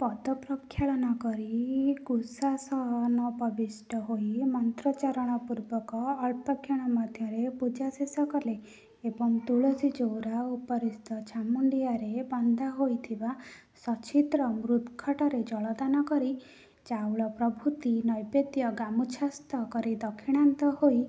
ପଦପ୍ରକ୍ଷାଳନ କରି କୁଶାସନୋପବିଷ୍ଟ ହୋଇ ମନ୍ତ୍ରୋଚ୍ଚାରଣପୂର୍ବକ ଅଳ୍ପକ୍ଷଣ ମଧ୍ୟରେ ପୂଜା ଶେଷ କଲେ ଏବଂ ତୁଳସୀଚଉରା ଉପରିସ୍ଥ ଛାମୁଣ୍ଡିଆରେ ବନ୍ଧା ହୋଇଥିବା ସଚ୍ଛିଦ୍ର ମୃଦ୍ଘଟରେ ଜଳଦାନ କରି ଚାଉଳ ପ୍ରଭୃତି ନୈବେଦ୍ୟ ଗାମୁଛାସ୍ଥ କରି ଦକ୍ଷିଣାନ୍ତ ହୋଇ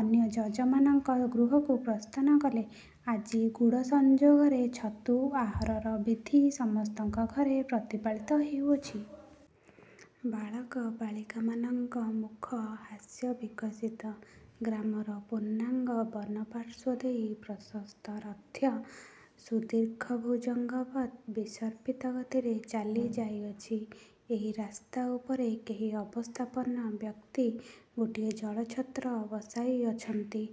ଅନ୍ୟ ଯଜମାନଙ୍କ ଗୃହକୁ ପ୍ରସ୍ଥାନ କଲେ। ଆଜି ଗୁଡ଼ସଂଯୋଗରେ ଛତୁ ଆହାରର ବିଧି ସମସ୍ତଙ୍କ ଘରେ ପ୍ରତିପାଳିତ ହେଉଅଛି। ବାଳକ ବାଳିକାମାନଙ୍କ ମୁଖ ହାସ୍ୟବିକଶିତ। ଗ୍ରାମର ପୁନ୍ନାଗ ବନ ପାର୍ଶ୍ୱ ଦେଇ ପ୍ରଶସ୍ତ ରଥ୍ୟା ସୁଦୀର୍ଘଭୁଜଙ୍ଗବତ୍ ବିସର୍ପିତ ଗତିରେ ଚାଲି ଯାଇଅଛି। ଏହି ରାସ୍ତା ଉପରେ କେହି ଅବସ୍ଥାପନ୍ନ ବ୍ୟକ୍ତି ଗୋଟିଏ ଜଳଛତ୍ର ବସାଇଅଛନ୍ତି।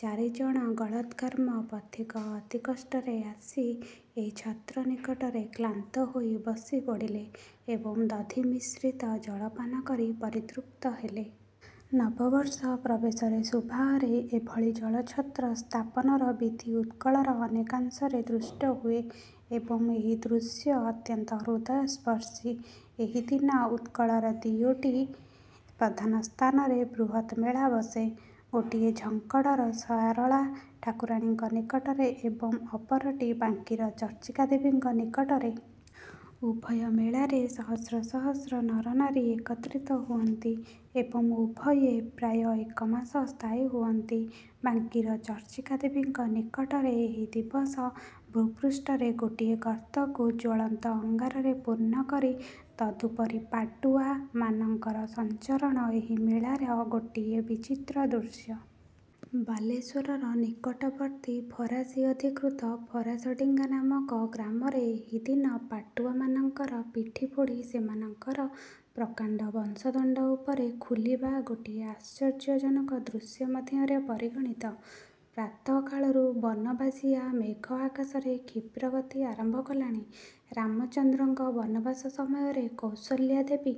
ଚାରି ଜଣ ଗଳଦ୍ଘର୍ମ ପଥିକ ଅତିକଷ୍ଟରେ ଆସି ଏହି ଛତ୍ର ନିକଟରେ କ୍ଳାନ୍ତ ହୋଇ ବସି ପଡ଼ିଲେ ଏବଂ ଦଧିମିଶ୍ରିତ ଜଳ ପାନ କରି ପରିତୃପ୍ତ ହେଲେ। ନବ-ବର୍ଷ ପ୍ରବେଶର ଶୁଭାହରେ ଏଭଳି ଜଳଛତ୍ର ସ୍ଥାପନର ବିଧି ଉତ୍କଳର ଅନେକାଂଶରେ ଦୃଷ୍ଟ ହୁଏ ଏବଂ ଏହି ଦୃଶ୍ୟ ଅତ୍ୟନ୍ତ ହୃଦୟସ୍ପର୍ଶୀ। ଏହି ଦିନ ଉତ୍କଳର ଦିଓଟି ପ୍ରଧାନ ସ୍ଥାନରେ ବୃହତ୍ ମେଳା ବସେ। ଗୋଟିଏ ଝଙ୍କଡ଼ର ଶାରଳା ଠାକୁରାଣୀଙ୍କ ନିକଟରେ ଏବଂ ଅପରଟି ବାଙ୍କିର ଚର୍ଚ୍ଚିକା ଦେବୀଙ୍କ ନିକଟରେ। ଉଭୟ ମେଳାରେ ସହସ୍ର ସହସ୍ର ନରନାରୀ ଏକତ୍ରିତ ହୁଅନ୍ତି ଏବଂ ଉଭୟେ ପ୍ରାୟ ଏକ ମାସ ସ୍ଥାୟୀ ହୁଅନ୍ତି। ବାଙ୍କିର ଚର୍ଚ୍ଚିକା ଦେବୀଙ୍କ ନିକଟରେ ଏହି ଦିବସ ଭୂପୃଷ୍ଠରେ ଗୋଟିଏ ଗର୍ତ୍ତକୁ ଜ୍ୱଳନ୍ତ ଅଙ୍ଗାରରେ ପୂର୍ଣ୍ଣ କରି ତଦୁପରି ପାଟୁଆ ମାନଙ୍କର ସଞ୍ଚରଣ ଏହି ମେଳାର ଗୋଟିଏ ବିଚିତ୍ର ଦୃଶ୍ୟ। ବାଲେଶ୍ୱରର ନିକଟବର୍ତ୍ତୀ ଫରାସୀ ଅଧିକୃତ ଫରାସଡ଼ିଙ୍ଗା ନାମକ ଗ୍ରାମରେ ଏହି ଦିନ 'ପାଟୁଆ' ମାନଙ୍କର ପିଠି ଫୋଡ଼ି ସେମାନଙ୍କର ପ୍ରକାଣ୍ଡ ବଂଶଦଣ୍ଡ ଉପରେ ଖୁଲିବା ଗୋଟିଏ ଆଶ୍ଚର୍ଯ୍ୟଜନକ ଦୃଶ୍ୟ ମଧ୍ୟରେ ପରିଗଣିତ। ପ୍ରାତଃକାଳରୁ ବନବାସିଆ ମେଘ ଆକାଶରେ କ୍ଷିପ୍ରଗତି ଆରମ୍ଭ କଲାଣି। ରାମଚନ୍ଦ୍ରଙ୍କ ବନବାସ ସମୟରେ କୌଶଲ୍ୟା ଦେବୀ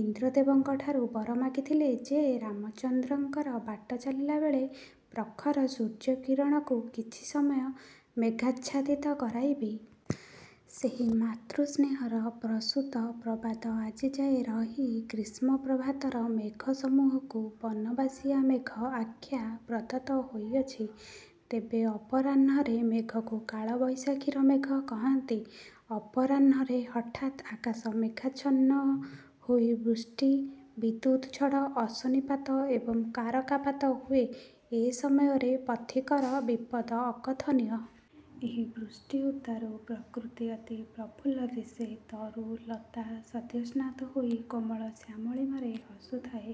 ଇନ୍ଦ୍ରଦେବଙ୍କଠାରୁ ବର ମାଗିଥିଲେ ଯେ ରାମଚନ୍ଦ୍ରଙ୍କର ବାଟ ଚାଲିଲାବେଳେ ପ୍ରଖର ସୂର୍ଯ୍ୟକିରଣକୁ କିଛି ସମୟ ମେଘାଚ୍ଛାଦିତ କରାଇବେ। ସେହି ମାତୃସ୍ନେହପ୍ରସୂତ ପ୍ରବାଦ ଆଜିଯାଏ ରହି ଗ୍ରୀଷ୍ମ ପ୍ରଭାତର ମେଘସମୂହକୁ ବନବାସିଆ ମେଘ ଆଖ୍ୟା ପ୍ରଦତ୍ତ ହୋଇଅଛି। ତେବେ ଅପରାହ୍ନରେ ମେଘକୁ "କାଳ ବୈଶାଖ"ର ମେଘ କହନ୍ତି। ଅପରାହ୍ଣରେ ହଠାତ୍ ଆକାଶ ମେଘାଚ୍ଛନ୍ନ ହୋଇ ବୃଷ୍ଟି, ବିଦ୍ୟୁତ୍ ଝଡ଼ ଅଶନିପାତ ଏବଂ କରକାପାତ ହୁଏ। ଏ ସମୟରେ ପଥିକର ବିପଦ ଅକଥନୀୟ। ଏହି ବୃଷ୍ଟି ଉତ୍ତାରୁ ପ୍ରକୃତି ଅତି ପ୍ରଫୁଲ୍ଲ ଦିଶେ। ତରୁ ଲତା ସଦ୍ୟସ୍ନାତ ହୋଇ କୋମଳ ଶ୍ୟାମଳିମାରେ ହସୁଥାଏ।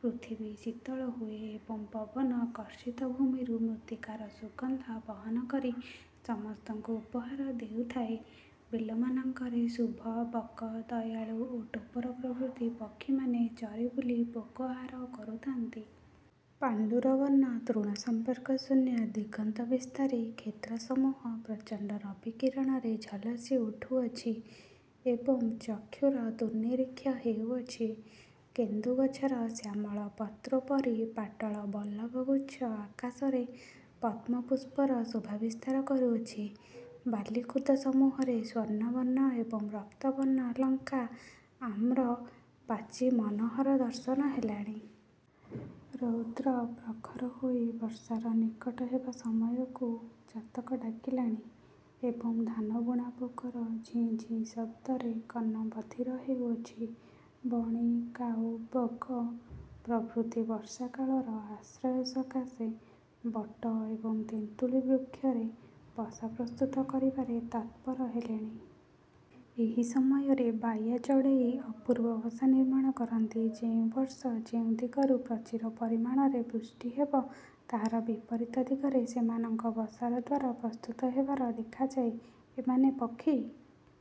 ପୃଥିବୀ ଶୀତଳ ହୁଏ ଏବଂ ପବନ କର୍ଷିତ ଭୂମିରୁ ମୃତ୍ତିକାର ସୁଗନ୍ଧ ବହନ କରି ସମସ୍ତଙ୍କୁ ଉପହାର ଦେଉଥାଏ। ବିଲମାନଙ୍କରେ ଶୁଭ ବକ, ଦୟାଳୁ ଓ ଟୋପର ପ୍ରଭୃତି ପକ୍ଷିମାନେ ଚରି ବୁଲି ପୋକ ଆହାର କରୁଥାନ୍ତି। ପାଣ୍ଡୁରବର୍ଣ୍ଣ ତୃଣସମ୍ପର୍କଶୂନ୍ୟ ଦିଗନ୍ତବିସ୍ତାରୀ କ୍ଷେତ୍ରସମୂହ ପ୍ରଚଣ୍ଡ ରବିକିରଣରେ ଝଲସି ଉଠୁଅଛି ଏବଂ ଚକ୍ଷୁର ଦୁର୍ନିରୀକ୍ଷ ହେଉଅଛି। କେନ୍ଦୁ ଗଛର ଶ୍ୟାମଳ ପତ୍ରୋପରି ପାଟଳ ପଲ୍ଲବଗୁଚ୍ଛ ଆକାଶରେ ପଦ୍ମ ପୁଷ୍ପର ଶୋଭା ବିସ୍ତାର କରୁଅଛି। ବାଲିକୁଦସମୂହରେ ସ୍ୱର୍ଣ୍ଣବର୍ଣ୍ଣ ଏବଂ ରକ୍ତବର୍ଣ୍ଣ ଲଙ୍କା ଆମ୍ର ପାଚି ମନୋହର ଦର୍ଶନ ହେଲାଣି। ରୌଦ୍ର ପ୍ରଖର ହୋଇ ବର୍ଷାର ନିକଟ ହେବା ସମୟକୁ ଚାତକ ଡାକିଲାଣି ଏବଂ ଧାନବୁଣା ପୋକର ଝିଁ ଝିଁ ଶବ୍ଦରେ କର୍ଣ୍ଣ ବଧିର ହେଉଅଛି। ବଣି, କାଉ, ବଗ ପ୍ରଭୃତି ବର୍ଷାକାଳର ଆଶ୍ରୟ ସକାଶେ ବଟ ଏବଂ ତେନ୍ତୁଳି ବୃକ୍ଷରେ ବସା ପ୍ରସ୍ତୁତ କରିବାରେ ତାତ୍ପର ହେଲେଣି। ଏହି ସମୟରେ ବାୟା ଚଢ଼େଇ ଅପୂର୍ବ ବସା ନିର୍ମାଣ କରନ୍ତି। ଯେଉଁ ବର୍ଷ ଯେଉଁ ଦିଗରୁ ପ୍ରଚୁର ପରିମାଣରେ ବୃଷ୍ଟି ହେବ, ତାହାର ବିପରୀତ ଦିଗରେ ସେମାନଙ୍କ ବସାର ଦ୍ୱାର ପ୍ରସ୍ତୁତ ହେବାର ଦେଖାଯାଏ ଏମାନେ ପକ୍ଷୀ